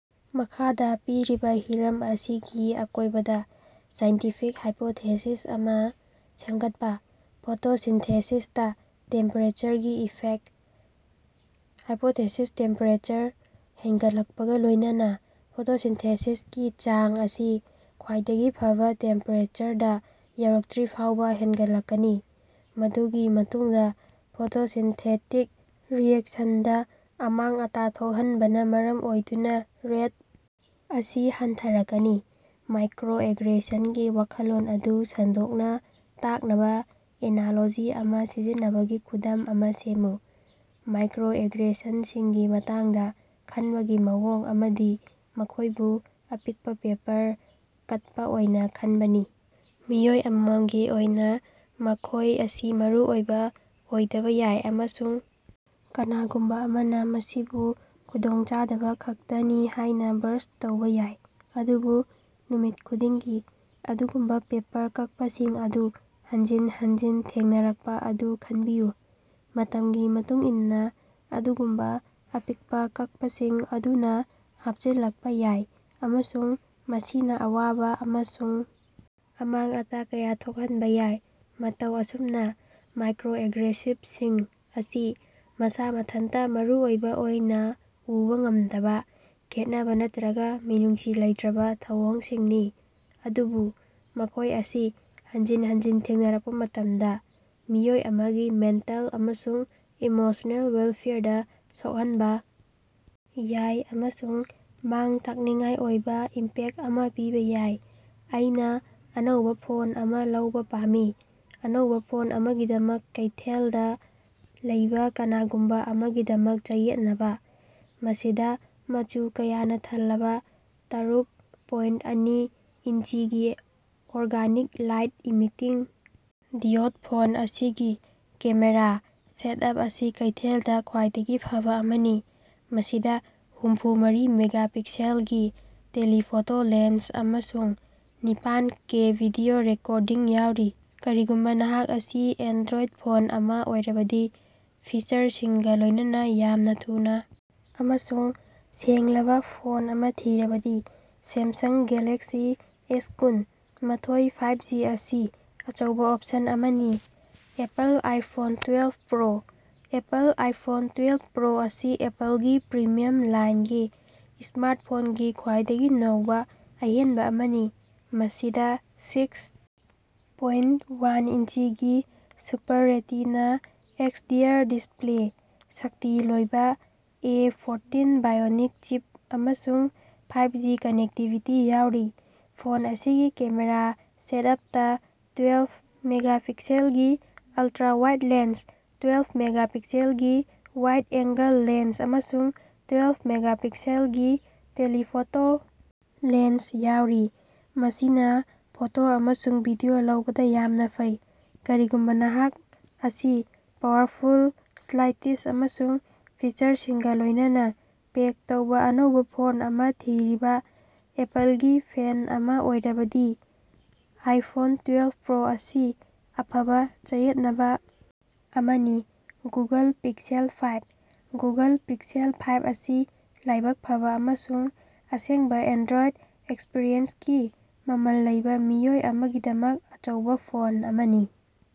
ꯃꯈꯥꯗ ꯄꯤꯔꯤꯕ ꯍꯤꯔꯝ ꯑꯁꯤꯒꯤ ꯑꯀꯣꯏꯕꯗ ꯁꯥꯏꯟꯇꯤꯐꯤꯛ ꯍꯥꯏꯄꯣꯊꯦꯁꯤꯁ ꯑꯃ ꯁꯦꯝꯒꯠꯄ:- ꯐꯣꯇꯣꯁꯤꯟꯊꯦꯁꯤꯁꯇ ꯇꯦꯝꯄꯦꯔꯦꯆꯔꯒꯤ ꯏꯐꯦꯛꯇ: ꯍꯥꯏꯄꯣꯊꯦꯁꯤꯁ- ꯇꯦꯝꯄꯦꯔꯦꯆꯔ ꯍꯦꯟꯒꯠꯂꯛꯄꯒ ꯂꯣꯏꯅꯅ ꯐꯣꯇꯣꯁꯤꯟꯊꯦꯁꯤꯁꯀꯤ ꯆꯥꯡ ꯑꯁꯤ ꯈ꯭ꯋꯥꯏꯗꯒꯤ ꯐꯕ ꯇꯦꯝꯄꯦꯔꯦꯆꯔꯗ ꯌꯧꯔꯛꯇ꯭ꯔꯤꯕꯐꯥꯎꯕ ꯍꯦꯟꯒꯠꯂꯛꯀꯅꯤ꯫ ꯃꯗꯨꯒꯤ ꯃꯇꯨꯡꯗ ꯐꯣꯇꯣꯁꯤꯟꯊꯦꯇꯤꯛ ꯔꯤꯑꯦꯛꯁꯟꯗ ꯑꯃꯥꯡ-ꯑꯇꯥ ꯊꯣꯛꯍꯟꯕꯅ ꯃꯔꯝ ꯑꯣꯏꯗꯨꯅ ꯔꯦꯠ ꯑꯁꯤ ꯍꯟꯊꯔꯛꯀꯅꯤ꯫ ꯃꯥꯏꯀ꯭ꯔꯣꯑꯦꯒ꯭ꯔꯦꯁꯟꯒꯤ ꯋꯥꯈꯜꯂꯣꯟ ꯑꯗꯨ ꯁꯟꯗꯣꯛꯅ ꯇꯥꯛꯅꯕ ꯑꯦꯅꯥꯂꯣꯖꯤ ꯑꯃ ꯁꯤꯖꯤꯟꯅꯕꯒꯤ ꯈꯨꯗꯝ ꯑꯃ ꯁꯦꯝꯃꯨ꯫ ꯃꯥꯏꯀ꯭ꯔꯣꯑꯦꯒ꯭ꯔꯦꯁꯟꯁꯤꯡꯒꯤ ꯃꯇꯥꯡꯗ ꯈꯟꯕꯒꯤ ꯃꯑꯣꯡ ꯑꯃꯗꯤ ꯃꯈꯣꯏꯕꯨ ꯑꯄꯤꯛꯄ ꯄꯦꯄꯔ ꯀꯠꯄ ꯑꯣꯏꯅ ꯈꯟꯕꯅꯤ꯫ ꯃꯤꯑꯣꯏ ꯑꯃꯃꯝꯒꯤ ꯑꯣꯏꯅ ꯃꯈꯣꯏ ꯑꯁꯤ ꯃꯔꯨꯑꯣꯏꯕ ꯑꯣꯏꯗꯕ ꯌꯥꯏ ꯑꯃꯁꯨꯡ ꯀꯅꯥꯒꯨꯝꯕ ꯑꯃꯅ ꯃꯁꯤꯕꯨ ꯈꯨꯗꯣꯡꯆꯥꯗꯕ ꯈꯛꯇꯅꯤ ꯍꯥꯏꯅ ꯕ꯭ꯔꯁ ꯇꯧꯕ ꯌꯥꯏ꯫ ꯑꯗꯨꯕꯨ ꯅꯨꯃꯤꯠ ꯈꯨꯗꯤꯡꯒꯤ ꯑꯗꯨꯒꯨꯝꯕ ꯄꯦꯄꯔ ꯀꯛꯄꯁꯤꯡ ꯑꯗꯨ ꯍꯟꯖꯤꯟ ꯍꯟꯖꯤꯟ ꯊꯦꯡꯅꯔꯛꯄ ꯑꯗꯨ ꯈꯟꯕꯤꯌꯨ꯫ ꯃꯇꯝꯒꯤ ꯃꯇꯨꯡꯏꯟꯅ ꯑꯗꯨꯒꯨꯝꯕ "ꯑꯄꯤꯛꯄ" ꯀꯛꯄꯁꯤꯡ ꯑꯗꯨꯅ ꯍꯥꯞꯆꯤꯜꯂꯛꯄ ꯌꯥꯏ ꯑꯃꯁꯨꯡ ꯃꯁꯤꯅ ꯑꯋꯥꯕ ꯑꯃꯁꯨꯡ ꯑꯃꯥꯡ-ꯑꯇꯥ ꯀꯌꯥ ꯊꯣꯛꯍꯟꯕ ꯌꯥꯏ꯫ ꯃꯇꯧ ꯑꯁꯨꯝꯅ ꯃꯥꯏꯀ꯭ꯔꯣꯑꯦꯒ꯭ꯔꯦꯁꯤꯚꯁꯤꯡ ꯑꯁꯤ ꯃꯁꯥ ꯃꯊꯟꯇ ꯃꯔꯨꯑꯣꯏꯕ ꯑꯣꯏꯅ ꯎꯕ ꯉꯝꯗꯕ ꯈꯦꯠꯅꯕ ꯅꯠꯇ꯭ꯔꯒ ꯃꯤꯅꯨꯡꯁꯤ ꯂꯩꯇ꯭ꯔꯕ ꯊꯧꯑꯣꯡꯁꯤꯡꯅꯤ꯫ ꯑꯗꯨꯕꯨ ꯃꯈꯣꯏ ꯑꯁꯤ ꯍꯟꯖꯤꯟ ꯍꯟꯖꯤꯟ ꯊꯦꯡꯅꯔꯛꯄ ꯃꯇꯝꯗ ꯃꯤꯑꯣꯏ ꯑꯃꯒꯤ ꯃꯦꯟꯇꯜ ꯑꯃꯁꯨꯡ ꯏꯃꯣꯁ꯭ꯅꯦꯜ ꯋꯦꯜꯐꯦꯌꯔꯗ ꯁꯣꯛꯍꯟꯕ ꯌꯥꯏ ꯑꯃꯁꯨꯡ ꯃꯥꯡ-ꯇꯥꯛꯅꯤꯡꯉꯥꯏ ꯑꯣꯏꯕ ꯏꯝꯄꯦꯛꯇ ꯑꯃ ꯄꯤꯕ ꯌꯥꯏ꯫ ꯑꯩꯅ ꯑꯅꯧꯕ ꯐꯣꯟ ꯑꯃ ꯂꯧꯕ ꯄꯥꯝꯃꯤ꯫ ꯑꯅꯧꯕ ꯐꯣꯟ ꯑꯃꯒꯤꯗꯃꯛ ꯀꯩꯊꯦꯜꯗ ꯂꯩꯕ ꯀꯅꯥꯒꯨꯝꯕ ꯑꯃꯒꯤꯗꯃꯛ ꯆꯌꯦꯠꯅꯕ꯫ ꯃꯁꯤꯗ ꯃꯆꯨ ꯀꯌꯥꯅ ꯊꯜꯂꯕ ꯇꯔꯨꯛ ꯄꯣꯏꯟꯇ ꯑꯅꯤ ꯏꯟꯆꯤꯒꯤ organic light emitting diode phone ꯑꯁꯤꯒꯤ ꯀꯦꯃꯦꯔꯥ ꯁꯦꯠꯑꯞ ꯑꯁꯤ ꯀꯩꯊꯦꯜꯗ ꯈ꯭ꯋꯥꯏꯗꯒꯤ ꯐꯕ ꯑꯃꯅꯤ꯫ ꯃꯁꯤꯗ ꯍꯨꯝꯐꯨ ꯃꯔꯤ ꯃꯦꯒꯥꯄꯤꯛꯁꯦꯜꯒꯤ ꯇꯦꯂꯤꯐꯣꯇꯣ ꯂꯦꯟꯁ ꯑꯃꯁꯨꯡ ꯅꯤꯄꯥꯟ ꯀꯦ ꯚꯤꯗꯤꯑꯣ ꯔꯦꯀꯣꯔꯗꯤꯡ ꯌꯥꯎꯔꯤ꯫ ꯀꯔꯤꯒꯨꯝꯕ ꯅꯍꯥꯛ ꯑꯁꯤ ꯑꯦꯟꯗ꯭ꯔꯣꯏꯗ ꯐꯣꯟ ꯑꯃ ꯑꯣꯏꯔꯕꯗꯤ ꯐꯤꯆꯔꯁꯤꯡꯒ ꯂꯣꯏꯅꯅ ꯌꯥꯝꯅ ꯊꯨꯅ ꯑꯃꯁꯨꯡ ꯁꯦꯡꯂꯕ ꯐꯣꯟ ꯑꯃ ꯊꯤꯔꯕꯗꯤ ꯁꯦꯝꯁꯪ ꯒ꯭ꯌꯥꯂꯦꯛꯁꯤ ꯑꯦꯁꯀꯨꯟ ꯃꯊꯣꯏ ꯐꯥꯏꯚꯖꯤ ꯑꯁꯤ ꯑꯆꯧꯕ ꯑꯣꯞꯁꯟ ꯑꯃꯅꯤ꯫ Apple iPhone twelve Pro: Apple iPhone twelve Pro ꯑꯁꯤ ꯑꯦꯄꯜꯒꯤ ꯄ꯭ꯔꯤꯃꯤꯌꯝ ꯂꯥꯏꯟꯒꯤ ꯁ꯭ꯃꯥꯔꯠꯐꯣꯟꯒꯤ ꯈ꯭ꯋꯥꯏꯗꯒꯤ ꯅꯧꯕ ꯑꯍꯦꯟꯕ ꯑꯃꯅꯤ꯫ ꯃꯁꯤꯗ ꯁꯤꯛꯁ ꯄꯣꯏꯟꯇ ꯋꯥꯟ ꯏꯟꯆꯤꯒꯤ ꯁꯨꯄꯔ ꯔꯦꯇꯤꯅ ꯑꯦꯛꯁꯗꯤꯑꯥꯔ ꯗꯤꯁꯄ꯭ꯂꯦ, ꯁꯛꯇꯤ ꯂ‌ꯣꯏꯕ ꯑꯦ ꯐꯣꯔꯇꯤꯟ ꯕꯥꯏꯑꯣꯅꯤꯛ ꯆꯤꯞ ꯑꯃꯁꯨꯡ ꯐꯥꯏꯚꯖꯤ ꯀꯅꯦꯛꯇꯤꯚꯤꯇꯤ ꯌꯥꯎꯔꯤ꯫ ꯐꯣꯟ ꯑꯁꯤꯒꯤ ꯀꯦꯃꯦꯔꯥ ꯁꯦꯇꯑꯞꯇ ꯇ꯭ꯋꯦꯜꯐ ꯃꯦꯒꯥꯄꯤꯛꯁꯦꯜꯒꯤ ꯑꯜꯇ꯭ꯔꯥ-ꯋꯥꯏꯗ ꯂꯦꯟꯁ, ꯇ꯭ꯋꯦꯜꯐ ꯃꯦꯒꯥꯄꯤꯛꯁꯦꯜꯒꯤ ꯋꯥꯏꯗ-ꯑꯦꯡꯒꯜ ꯂꯦꯟꯁ ꯑꯃꯁꯨꯡ ꯇ꯭ꯋꯦꯜꯐ ꯃꯦꯒꯥꯄꯤꯛꯁꯦꯜꯒꯤ ꯇꯦꯂꯤꯐꯣꯇꯣ ꯂꯦꯟꯁ ꯌꯥꯎꯔꯤ꯫ ꯃꯁꯤꯅ ꯐꯣꯇꯣ ꯑꯃꯁꯨꯡ ꯚꯤꯗꯤꯑꯣ ꯂꯧꯕꯗ ꯌꯥꯝꯅ ꯐꯩ꯫ ꯀꯔꯤꯒꯨꯝꯕ ꯅꯍꯥꯛ ꯑꯁꯤ ꯄꯥꯋꯔꯐꯨꯜ, ꯁ꯭ꯇꯥꯏꯂꯤꯁ ꯑꯃꯁꯨꯡ ꯐꯤꯆꯔꯁꯤꯡꯒ ꯂꯣꯏꯅꯅ ꯄꯦꯛ ꯇꯧꯕ ꯑꯅꯧꯕ ꯐꯣꯟ ꯑꯃ ꯊꯤꯔꯤꯕ ꯑꯦꯄꯜꯒꯤ ꯐꯦꯟ ꯑꯃ ꯑꯣꯏꯔꯕꯗꯤ ꯑꯥꯏꯐꯣꯟ ꯇ꯭ꯋꯦꯜꯐ ꯄ꯭ꯔꯣ ꯑꯁꯤ ꯑꯐꯕ ꯆꯌꯦꯠꯅꯕ ꯑꯃꯅꯤ꯫ Google Pixel five: Google Pixel five ꯑꯁꯤ ꯂꯥꯏꯕꯛ ꯐꯕ ꯑꯃꯁꯨꯡ ꯑꯁꯦꯡꯕ ꯑꯦꯟꯗ꯭ꯔꯣꯏꯗ ꯑꯦꯛꯁꯄꯤꯔꯤꯑꯦꯟꯁꯀꯤ ꯃꯃꯜ ꯂꯩꯕ ꯃꯤꯑꯣꯏ ꯑꯃꯒꯤꯗꯃꯛ ꯑꯆꯧꯕ ꯐꯣꯟ ꯑꯃꯅꯤ꯫